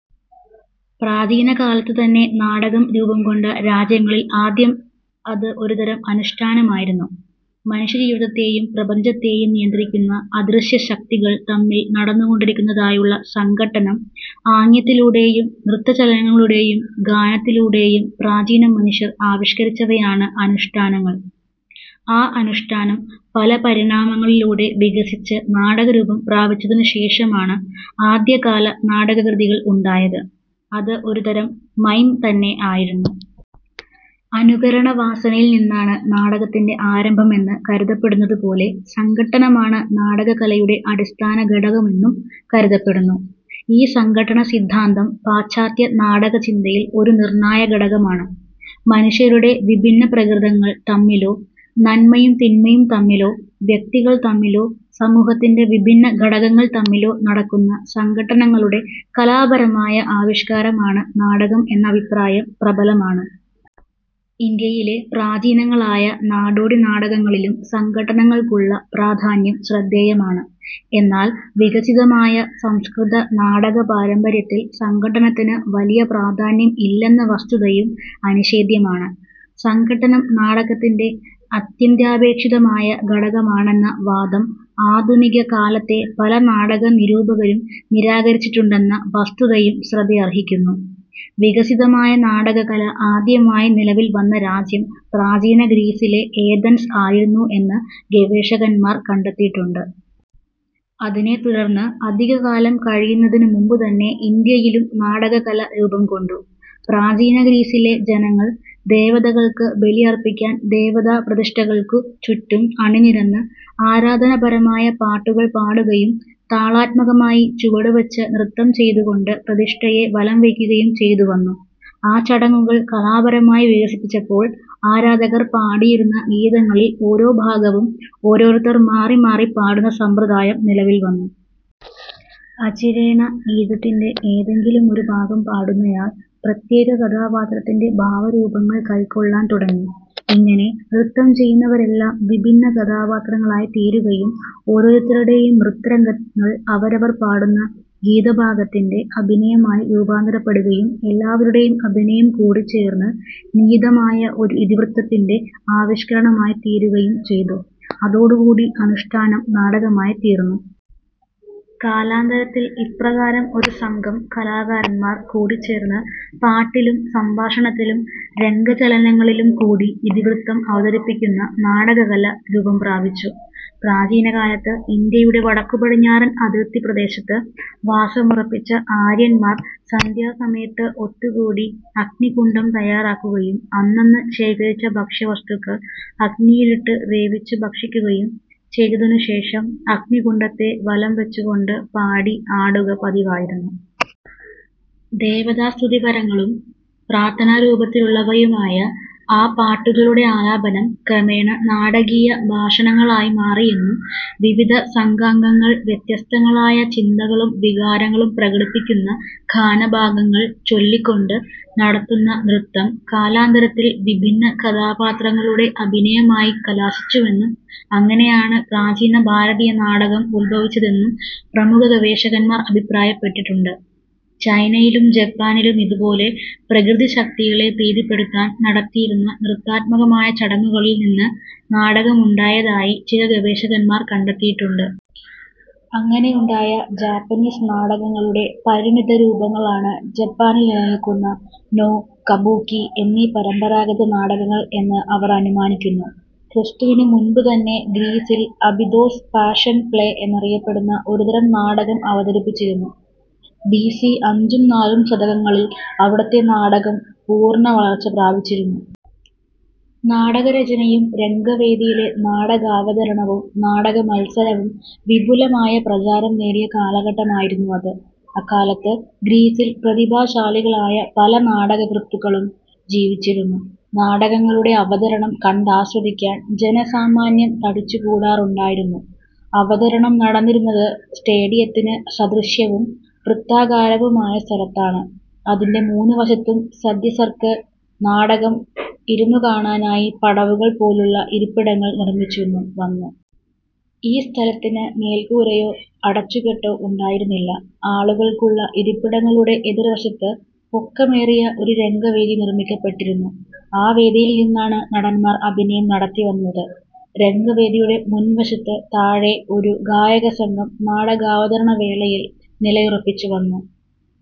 പ്രാചീന കാലത്തുതന്നെ നാടകം രൂപംകൊണ്ട രാജ്യങ്ങളിൽ ആദ്യം അത് ഒരുതരം അനുഷ്ഠാനമായിരുന്നു. മനുഷ്യജീവിതത്തെയും പ്രപഞ്ചത്തെയും നിയന്ത്രിക്കുന്ന അദൃശ്യശക്തികൾ തമ്മിൽ നടന്നുകൊണ്ടിരിക്കുന്നതായുള്ള സംഘട്ടനം ആംഗ്യത്തിലൂടെയും നൃത്തചലനങ്ങളിലൂടെയും ഗാനത്തിലൂടെയും പ്രാചീനമനുഷ്യർ ആവിഷ്കരിച്ചവയാണ് അനുഷ്ഠാനങ്ങൾ. ആ അനുഷ്ഠാനം പല പരിണാമങ്ങളിലൂടെ വികസിച്ച് നാടകരൂപം പ്രാപിച്ചതിനുശേഷമാണ് ആദ്യകാല നാടകകൃതികൾ ഉണ്ടായത്. അത് ഒരുതരം മൈം തന്നെ ആയിരുന്നു. അനുകരണവാസനയിൽ നിന്നാണ് നാടകത്തിന്റെ ആരംഭമെന്ന് കരുതപ്പെടുന്നതുപോലെ സംഘട്ടനമാണ് നാടകകലയുടെ അടിസ്ഥാനഘടകമെന്നും കരുതപ്പെടുന്നു. ഈ സംഘട്ടനസിദ്ധാന്തം പാശ്ചാത്യ നാടകചിന്തയിൽ ഒരു നിർണായകഘടകമാണ്. മനുഷ്യരുടെ വിഭിന്ന പ്രകൃതങ്ങൾ തമ്മിലോ നന്മയും തിന്മയും തമ്മിലോ വ്യക്തികൾ തമ്മിലോ സമൂഹത്തിന്റെ വിഭിന്ന ഘടകങ്ങൾ തമ്മിലോ നടക്കുന്ന സംഘട്ടനങ്ങളുടെ കലാപരമായ ആവിഷ്കാരമാണ് നാടകം എന്ന അഭിപ്രായം പ്രബലമാണ്. ഇന്ത്യയിലെ പ്രാചീനങ്ങളായ നാടോടി നാടകങ്ങളിലും സംഘട്ടനങ്ങൾക്കുള്ള പ്രാധാന്യം ശ്രദ്ധേയമാണ്. എന്നാൽ വികസിതമായ സംസ്കൃത നാടക പാരമ്പര്യത്തിൽ സംഘട്ടനത്തിന് വലിയ പ്രാധാന്യം ഇല്ലെന്ന വസ്തുതയും അനിഷേധ്യമാണ്. സംഘട്ടനം നാടകത്തിന്റെ അത്യന്താപേക്ഷിതമായ ഘടകമാണെന്ന വാദം ആധുനിക കാലത്തെ പല നാടക നിരൂപകരും നിരാകരിച്ചിട്ടുണ്ടെന്ന വസ്തുതയും ശ്രദ്ധയർഹിക്കുന്നു. വികസിതമായ നാടകകല ആദ്യമായി നിലവിൽ വന്ന രാജ്യം പ്രാചീന ഗ്രീസിലെ ഏഥൻസ് ആയിരുന്നു എന്ന് ഗവേഷകന്മാർ കണ്ടെത്തിയിട്ടുണ്ട്. അതിനെത്തുടർന്ന് അധികകാലം കഴിയുന്നതിനു മുമ്പുതന്നെ ഇന്ത്യയിലും നാടകകല രൂപംകൊണ്ടു. പ്രാചീനഗ്രീസിലെ ജനങ്ങൾ ദേവതകൾക്ക് ബലി അർപ്പിക്കാൻ ദേവതാ പ്രതിഷ്ഠകൾക്കു ചുറ്റും അണിനിരന്ന് ആരാധനാപരമായ പാട്ടുകൾ പാടുകയും താളാത്മകമായി ചുവടുവച്ച് നൃത്തം ചെയ്തുകൊണ്ട് പ്രതിഷ്ഠയെ വലംവയ്ക്കുകയും ചെയ്തുവന്നു. ആ ചടങ്ങുകൾ കലാപരമായി വികസിച്ചപ്പോൾ ആരാധകർ പാടിയിരുന്ന ഗീതങ്ങളിൽ ഓരോ ഭാഗവും ഓരോരുത്തർ മാറിമാറി പാടുന്ന സമ്പ്രദായം നിലവിൽവന്നു. അചിരേണ ഗീതത്തിന്റെ ഏതെങ്കിലും ഒരു ഭാഗം പാടുന്നയാൾ പ്രത്യേക കഥാപാത്രത്തിന്റെ ഭാവരൂപങ്ങൾ കൈക്കൊള്ളാൻ തുടങ്ങി. ഇങ്ങനെ നൃത്തം ചെയ്യുന്നവരെല്ലാം വിഭിന്ന കഥാപാത്രങ്ങളായിത്തീരുകയും ഓരോരുത്തരുടെയും നൃത്തരംഗങ്ങൾ അവരവർ പാടുന്ന ഗീതഭാഗത്തിന്റെ അഭിനയമായി രൂപാന്തരപ്പെടുകയും എല്ലാവരുടെയും അഭിനയം കൂടിച്ചേർന്ന് നിയതമായ ഒരു ഇതിവൃത്തത്തിന്റെ ആവിഷ്കരണമായിത്തീരുകയും ചെയ്തു. അതോടുകൂടി അനുഷ്ഠാനം നാടകമായിത്തീർന്നു. കാലാന്തരത്തിൽ ഇപ്രകാരം ഒരു സംഘം കലാകാരന്മാർ കൂടിച്ചേർന്ന പാട്ടിലും സംഭാഷണത്തിലും രംഗചലനങ്ങളിലും കൂടി ഇതിവൃത്തം അവതരിപ്പിക്കുന്ന നാടകകല രൂപംപ്രാപിച്ചു. പ്രാചീനകാലത്ത് ഇന്ത്യയുടെ വടക്കുപടിഞ്ഞാറൻ അതിർത്തി പ്രദേശത്ത് വാസമുറപ്പിച്ച ആര്യന്മാർ സന്ധ്യാസമയത്ത് ഒത്തുകൂടി അഗ്നികുണ്ഠം തയ്യാറാക്കുകയും അന്നന്ന് ശേഖരിച്ച ഭക്ഷ്യവസ്തുക്കൾ ആ അഗ്നിയിലിട്ട് വേവിച്ചു ഭക്ഷിക്കുകയും ചെയ്തതിനുശേഷം അഗ്നികുണ്ഠത്തെ വലംവച്ചുകൊണ്ടു പാടി ആടുക പതിവായിരുന്നു. ദേവതാസ്തുതിപരങ്ങളും പ്രാർഥനാരൂപത്തിലുള്ളവയുമായ ആ പാട്ടുകളുടെ ആലാപനം, ക്രമേണ നാടകീയ ഭാഷണങ്ങളായി മാറിയെന്നും വിവിധ സംഘാംഗങ്ങൾ വ്യത്യസ്തങ്ങളായ ചിന്തകളും വികാരങ്ങളും പ്രകടിപ്പിക്കുന്ന ഗാനഭാഗങ്ങൾ ചൊല്ലിക്കൊണ്ട് നടത്തുന്ന നൃത്തം കാലാന്തരത്തിൽ വിഭിന്ന കഥാപാത്രങ്ങളുടെ അഭിനയമായി കലാശിച്ചുവെന്നും അങ്ങനെയാണ് പ്രാചീന ഭാരതീയ നാടകം ഉദ്ഭവിച്ചതെന്നും പ്രമുഖ ഗവേഷകന്മാർ അഭിപ്രായപ്പെട്ടിട്ടുണ്ട്. ചൈനയിലും ജപ്പാനിലും ഇതുപോലെ പ്രകൃതിശക്തികളെ പ്രീതിപ്പെടുത്താൻ നടത്തിയിരുന്ന നൃത്താത്മകമായ ചടങ്ങുകളിൽ നിന്ന് നാടകമുണ്ടായതായി ചില ഗവേഷകന്മാർ കണ്ടെത്തിയിട്ടുണ്ട്. അങ്ങനെ ഉണ്ടായ ജാപ്പനീസ് നാടകങ്ങളുടെ പരിണതരൂപങ്ങളാണ് ജപ്പാനിൽ നിലനിൽക്കുന്ന നോ, കബൂക്കി എന്നീ പരമ്പരാഗത നാടകങ്ങൾ എന്ന് അവർ അനുമാനിക്കുന്നു. ക്രിസ്തുവിന് മുൻപ് തന്നെ ഗ്രീസിൽ അബിദോസ് പാഷൻ പ്ലേ എന്നറിയപ്പെടുന്ന ഒരുതരം നാടകം അവതരിപ്പിച്ചിരുന്നു. ബിസി അഞ്ചും നാലും ശതകങ്ങളിൽ അവിടുത്തെ നാടകം പൂർണ വളർച്ച പ്രാപിച്ചിരുന്നു. നാടകരചനയും രംഗവേദിയിലെ നാടകാവതരണവും നാടകമത്സരവും വിപുലമായ പ്രചാരം നേടിയ കാലഘട്ടമായിരുന്നു അത്. അക്കാലത്ത് ഗ്രീസിൽ പ്രതിഭാശാലികളായ പല നാടകകൃത്തുക്കളും ജീവിച്ചിരുന്നു. നാടകങ്ങളുടെ അവതരണം കണ്ടാസ്വദിക്കാൻ ജനസാമാന്യം തടിച്ചുകൂടാറുണ്ടായിരുന്നു. അവതരണം നടന്നിരുന്നത് സ്റ്റേഡിയത്തിന് സദൃശവും വൃത്താകാരവുമായ സ്ഥലത്താണ്. അതിന്റെ മൂന്ന് വശത്തും സദ്യസ്യർക്ക് നാടകം ഇരുന്നുകാണാനായി പടവുകൾ പോലുള്ള ഇരിപ്പിടങ്ങൾ നിർമിച്ചുവന്നു. ഈ സ്ഥലത്തിന് മേൽക്കൂരയോ അടച്ചുകെട്ടോ ഉണ്ടായിരുന്നില്ല. ആളുകൾക്കുള്ള ഇരിപ്പിടങ്ങളുടെ എതിർവശത്ത് പൊക്കമേറിയ ഒരു രംഗവേദി നിർമ്മിക്കപ്പെട്ടിരുന്നു. ആ വേദിയിൽ നിന്നാണ് നടന്മാർ അഭിനയം നടത്തിവന്നത്. രംഗവേദിയുടെ മുൻവശത്ത് താഴെ ഒരു ഗായകസംഘം നാടകാവതരണവേളയിൽ നിലയുറപ്പിച്ചുവന്നു.